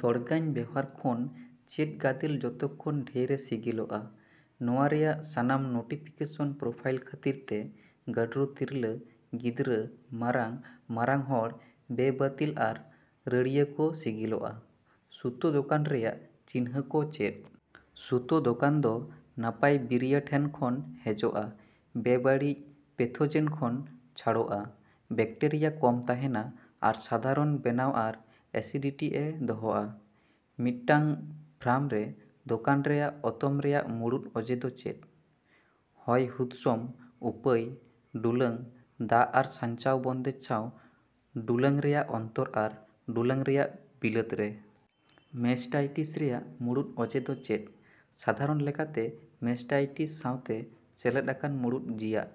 ᱫᱚᱲᱜᱟᱹᱧ ᱵᱮᱣᱦᱟᱨ ᱠᱷᱚᱱ ᱪᱮᱫ ᱜᱟᱫᱮᱞ ᱡᱚᱛᱚ ᱠᱷᱚᱱ ᱰᱷᱮᱨ ᱮ ᱥᱤᱜᱤᱞᱚᱜᱼᱟ? ᱱᱚᱶᱟ ᱨᱮᱭᱟᱜ ᱥᱟᱱᱟᱢ ᱱᱩᱴᱤᱯᱮᱠᱮᱥᱚᱱ ᱯᱚᱨᱯᱷᱟᱭᱤᱞ ᱠᱷᱟᱹᱛᱤᱨ ᱛᱮ ᱜᱟᱹᱨᱰᱩ ᱛᱤᱨᱞᱟᱹ, ᱜᱤᱫᱽᱨᱟᱹ, ᱢᱟᱨᱟᱝ, ᱢᱟᱨᱟᱝ ᱦᱚᱲ, ᱵᱮᱼᱵᱟᱹᱛᱤᱞ ᱟᱨ ᱨᱟᱹᱲᱤᱭᱟᱹ ᱠᱚ ᱥᱤᱜᱤᱞᱚᱜᱼᱟ᱾ ᱥᱩᱛᱚ ᱫᱳᱠᱟᱱ ᱨᱮᱭᱟᱜ ᱪᱤᱱᱦᱟᱹ ᱠᱚ ᱪᱮᱫ? ᱥᱩᱛᱚ ᱫᱳᱠᱟᱱ ᱫᱚ ᱱᱟᱯᱟᱭ ᱵᱤᱨᱤᱭᱟᱹ ᱴᱷᱮᱱ ᱠᱷᱚᱱ ᱦᱮᱡᱚᱜᱼᱟ, ᱵᱮᱼᱵᱟᱲᱤᱪ, ᱯᱮᱛᱷᱳᱡᱮᱱ ᱠᱷᱚᱱ ᱪᱷᱟᱹᱲᱚᱜᱼᱟ, ᱵᱮᱠᱴᱮᱨᱤᱭᱟ ᱠᱚᱢ ᱛᱟᱦᱮᱸᱱᱟ, ᱟᱨ ᱥᱟᱫᱷᱟᱨᱚᱱ ᱵᱮᱱᱟᱣ ᱟᱨ ᱮᱥᱤᱰᱤᱴᱤ ᱮ ᱫᱚᱦᱚᱼᱟ᱾ ᱢᱤᱫᱴᱟᱝ ᱯᱷᱟᱢ ᱨᱮ ᱫᱳᱠᱟᱱ ᱨᱮᱭᱟᱜ ᱚᱛᱚᱢ ᱨᱮᱭᱟᱜ ᱢᱩᱲᱩᱫ ᱚᱡᱮ ᱫᱚ ᱪᱮᱫ? ᱦᱚᱭ ᱦᱩᱫᱥᱩᱢ, ᱩᱯᱟᱹᱭ, ᱰᱩᱞᱟᱝ, ᱫᱟᱜ ᱟᱨ ᱥᱟᱧᱪᱟᱣ ᱵᱚᱱᱫᱮᱡ ᱥᱟᱶ ᱰᱩᱞᱟᱝ ᱨᱮᱭᱟᱜ ᱚᱱᱛᱚᱨ ᱟᱨ ᱰᱩᱞᱟᱝ ᱨᱮᱭᱟᱜ ᱵᱤᱞᱟᱹᱛ ᱨᱮ᱾ ᱢᱮᱥᱴᱟᱭᱴᱤᱥ ᱨᱮᱭᱟᱜ ᱢᱩᱲᱩᱫ ᱚᱡᱮ ᱫᱚ ᱪᱮᱫ? ᱥᱟᱫᱷᱟᱨᱚᱱ ᱞᱮᱠᱟᱛᱮ ᱢᱮᱥᱴᱟᱭᱴᱤᱥ ᱥᱟᱶᱛᱮ ᱥᱮᱞᱮᱫ ᱟᱠᱟᱱ ᱢᱩᱲᱩᱫ ᱡᱤᱭᱟᱜ᱾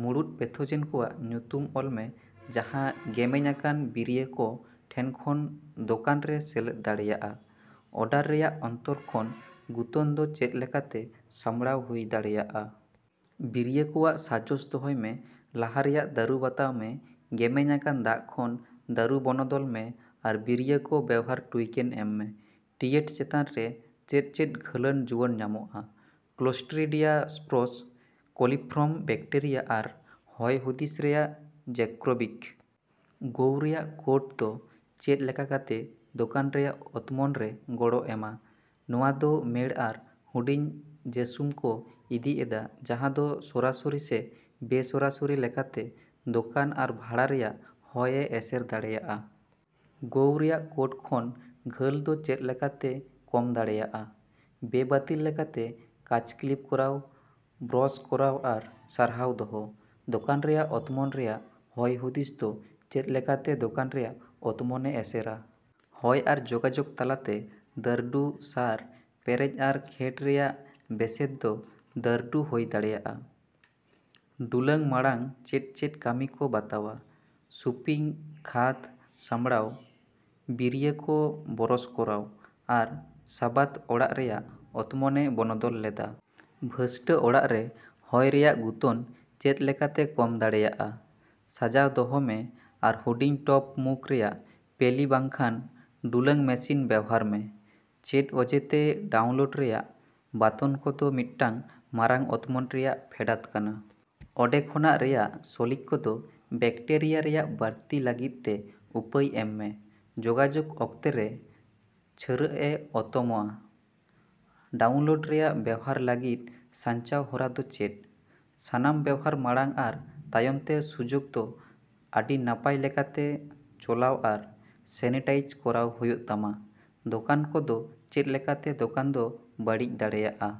ᱢᱩᱲᱩᱫ ᱯᱮᱛᱷᱳᱡᱮᱱ ᱠᱚᱣᱟᱜ ᱧᱩᱛᱩᱢ ᱚᱞ ᱢᱮ ᱡᱟᱦᱟᱸ ᱜᱮᱢᱮᱧ ᱟᱠᱟᱱ ᱵᱤᱨᱤᱭᱟᱹ ᱠᱚ ᱴᱷᱮᱱ ᱠᱷᱚᱱ ᱫᱳᱠᱟᱱ ᱨᱮ ᱥᱮᱞᱮᱫ ᱫᱟᱲᱮᱭᱟᱜᱼᱟ᱾ ᱚᱰᱟᱨ ᱨᱮᱭᱟᱜ ᱚᱱᱛᱚᱨ ᱠᱷᱚᱱ ᱜᱩᱛᱚᱱ ᱫᱚ ᱪᱮᱫ ᱞᱮᱠᱟᱛᱮ ᱥᱟᱢᱲᱟᱣ ᱦᱩᱭ ᱫᱟᱲᱮᱭᱟᱜᱼᱟ? ᱵᱤᱨᱤᱭᱟᱹ ᱠᱚᱣᱟᱜ ᱥᱟᱡᱚᱥ ᱫᱚᱦᱚᱭ ᱢᱮ, ᱞᱟᱦᱟ ᱨᱮᱭᱟᱜ ᱫᱟᱹᱨᱩ ᱵᱟᱛᱟᱶ ᱢᱮ, ᱜᱮᱢᱮᱧ ᱟᱠᱟᱱ ᱫᱟᱜ ᱠᱷᱚᱱ ᱫᱟᱹᱨᱩ ᱵᱚᱱᱚᱫᱚᱞ ᱢᱮ ᱟᱨ ᱵᱤᱨᱤᱭᱟᱹ ᱠᱚ ᱵᱮᱶᱦᱟᱨ ᱴᱩᱭᱠᱮᱱ ᱮᱢ ᱢᱮ᱾ ᱴᱤᱭᱮᱴ ᱪᱮᱛᱟᱱ ᱨᱮ ᱪᱮᱫ ᱪᱮᱫ ᱜᱷᱟᱹᱞᱟᱱ ᱡᱩᱭᱟᱹᱱ ᱧᱟᱢᱚᱜᱼᱟ᱾ ᱠᱞᱳᱥᱴᱨᱤᱰᱤᱭᱟ ᱥᱯᱳᱨᱥ, ᱠᱳᱞᱤᱯᱷᱚᱨᱚᱢ ᱵᱮᱠᱴᱮᱨᱤᱭᱟ ᱟᱨ ᱦᱚᱭ ᱦᱩᱫᱤᱥ ᱨᱮᱭᱟᱜ ᱡᱮᱠᱨᱳᱵᱤᱠ᱾ ᱜᱳᱣ ᱨᱮᱭᱟᱜ ᱠᱳᱴ ᱫᱚ ᱪᱮᱫ ᱞᱮᱠᱟ ᱠᱟᱛᱮ ᱫᱳᱠᱟᱱ ᱨᱮᱭᱟᱜ ᱚᱛᱢᱚᱱ ᱨᱮ ᱜᱚᱲᱚ ᱮᱢᱼᱟ? ᱱᱚᱶᱟ ᱫᱚ ᱢᱮᱲ ᱟᱨ ᱦᱩᱰᱤᱧ ᱡᱮᱹᱥᱩᱢ ᱠᱚ ᱤᱫᱤ ᱮᱫᱟ ᱡᱟᱦᱟᱸ ᱫᱚ ᱥᱚᱨᱟᱥᱚᱨᱤ ᱥᱮ ᱵᱮᱼᱥᱚᱨᱟᱥᱟᱹᱨᱤ ᱞᱮᱠᱟᱛᱮ ᱫᱳᱠᱟᱱ ᱟᱨ ᱵᱷᱟᱲᱟ ᱨᱮᱭᱟᱜ ᱦᱚᱭ ᱮ ᱮᱥᱮᱨ ᱫᱟᱲᱮᱹᱭᱟᱜᱼᱟ᱾ ᱜᱳᱭ ᱨᱮᱭᱟᱜ ᱠᱳᱴ ᱠᱷᱚᱱ ᱜᱷᱟᱹᱞ ᱫᱚ ᱪᱮᱫ ᱞᱮᱠᱟᱛᱮ ᱠᱚᱢ ᱫᱟᱲᱮᱭᱟᱜᱼᱟ? ᱵᱮᱼᱵᱟᱹᱛᱤᱞ ᱞᱮᱠᱟᱛᱮ ᱠᱟᱪ ᱠᱞᱤᱯ ᱠᱚᱨᱟᱣ, ᱵᱨᱚᱥ ᱠᱚᱨᱟᱣ ᱟᱨ ᱥᱟᱨᱦᱟᱶ ᱫᱚᱦᱚ᱾ ᱫᱳᱠᱟᱱ ᱨᱮᱭᱟᱜ ᱚᱛᱢᱚᱱ ᱨᱮᱭᱟᱜ ᱦᱚᱭ ᱦᱩᱫᱤᱥ ᱫᱚ ᱪᱮᱫ ᱞᱮᱠᱟᱛᱮ ᱫᱳᱠᱟᱱ ᱨᱮᱭᱟᱜ ᱚᱛᱢᱚᱱ ᱮ ᱮᱥᱮᱨᱼᱟ? ᱦᱚᱭ ᱟᱨ ᱡᱳᱜᱟᱡᱳᱜ ᱛᱟᱞᱟᱛᱮ ᱫᱟᱹᱨᱰᱩ, ᱥᱟᱨ, ᱯᱮᱨᱮᱪ ᱟᱨ ᱠᱷᱮᱹᱰ ᱨᱮᱭᱟᱜ ᱵᱮᱹᱥᱮᱫ ᱫᱚ ᱫᱟᱹᱨᱰᱩ ᱦᱩᱭ ᱫᱟᱲᱮᱭᱟᱜᱼᱟ᱾ ᱰᱩᱞᱟᱹᱣ ᱢᱟᱲᱟᱝ ᱪᱮᱫ ᱪᱮᱫ ᱠᱟᱹᱢᱤ ᱠᱚ ᱵᱟᱛᱟᱣᱟ᱾ ᱥᱩᱯᱤᱝ, ᱠᱷᱟᱹᱫᱽ ᱥᱟᱢᱵᱲᱟᱣ, ᱵᱤᱨᱤᱭᱟᱹ ᱠᱚ ᱵᱨᱚᱥ ᱠᱚᱨᱟᱣ, ᱟᱨ ᱥᱟᱵᱟᱫ ᱚᱲᱟᱜ ᱨᱮᱭᱟᱜ ᱚᱛᱢᱚᱱ ᱮ ᱵᱚᱱᱚᱫᱚᱞ ᱞᱮᱫᱟ᱾ ᱵᱷᱟᱥᱴᱟᱹ ᱚᱲᱟᱜ ᱨᱮ ᱦᱚᱭ ᱨᱮᱭᱟᱜ ᱜᱩᱛᱚᱱ ᱪᱮᱫ ᱞᱮᱠᱟᱛᱮ ᱠᱚᱢ ᱫᱟᱲᱮᱭᱟᱜᱼᱟ? ᱥᱟᱡᱟᱣ ᱫᱚᱦᱚ ᱢᱮ ᱟᱨ ᱦᱩᱰᱤᱧᱼᱴᱚᱯ ᱢᱩᱠ ᱨᱮᱭᱟᱜ ᱯᱮᱞᱤ ᱵᱟᱝ ᱠᱷᱟᱱ ᱰᱩᱞᱟᱹᱣ ᱢᱮᱥᱤᱱ ᱵᱮᱣᱦᱟᱨ ᱢᱮ᱾ ᱪᱮᱫ ᱚᱡᱮᱛᱮ ᱰᱟᱣᱩᱱᱞᱳᱰ ᱨᱮᱭᱟᱜ ᱵᱟᱛᱚᱱ ᱠᱚᱫᱚ ᱢᱤᱫᱴᱟᱝ ᱢᱟᱨᱟᱝ ᱚᱛᱢᱚᱱ ᱨᱮᱭᱟᱜ ᱯᱷᱮᱰᱟᱛ ᱠᱟᱱᱟ? ᱚᱰᱮᱠᱷᱟᱱᱟᱜ ᱨᱮᱭᱟᱜ ᱥᱚᱞᱤᱠ ᱠᱚᱫᱚ ᱵᱮᱠᱴᱤᱨᱤᱭᱟ ᱨᱮᱭᱟᱜ ᱵᱟᱹᱲᱛᱤ ᱞᱟᱹᱜᱤᱫ ᱛᱮ ᱩᱯᱟᱹᱭ ᱮᱢᱼᱟ, ᱡᱳᱜᱟᱡᱳᱜ ᱚᱠᱛᱮ ᱨᱮ ᱪᱷᱟᱹᱨᱟᱜ ᱮ ᱚᱛᱚᱢᱼᱟ᱾ ᱰᱟᱣᱩᱱᱞᱳᱰ ᱨᱮᱭᱟᱜ ᱵᱮᱣᱦᱟᱨ ᱞᱟᱹᱜᱤᱫ ᱥᱟᱧᱪᱟᱣ ᱦᱚᱨᱟ ᱫᱚ ᱪᱮᱫ? ᱥᱟᱱᱟᱢ ᱵᱮᱣᱦᱟᱨ ᱢᱟᱲᱟᱝ ᱟᱨ ᱛᱟᱭᱚᱢ ᱛᱮ ᱥᱩᱡᱚᱠ ᱫᱚ ᱟᱹᱰᱤ ᱱᱟᱯᱟᱭ ᱞᱮᱠᱟᱛᱮ ᱪᱚᱞᱟᱣ ᱟᱨ ᱥᱮᱱᱤᱴᱟᱭᱤᱡᱽ ᱠᱚᱨᱟᱣ ᱦᱩᱭᱩᱜ ᱛᱟᱢᱟ᱾ ᱫᱳᱠᱟᱱ ᱠᱚ ᱫᱚ ᱪᱮᱫ ᱞᱮᱠᱟᱛᱮ ᱫᱳᱠᱟᱱ ᱫᱚ ᱵᱟᱹᱲᱤᱡ ᱫᱟᱲᱮᱭᱟᱜᱼᱟ᱾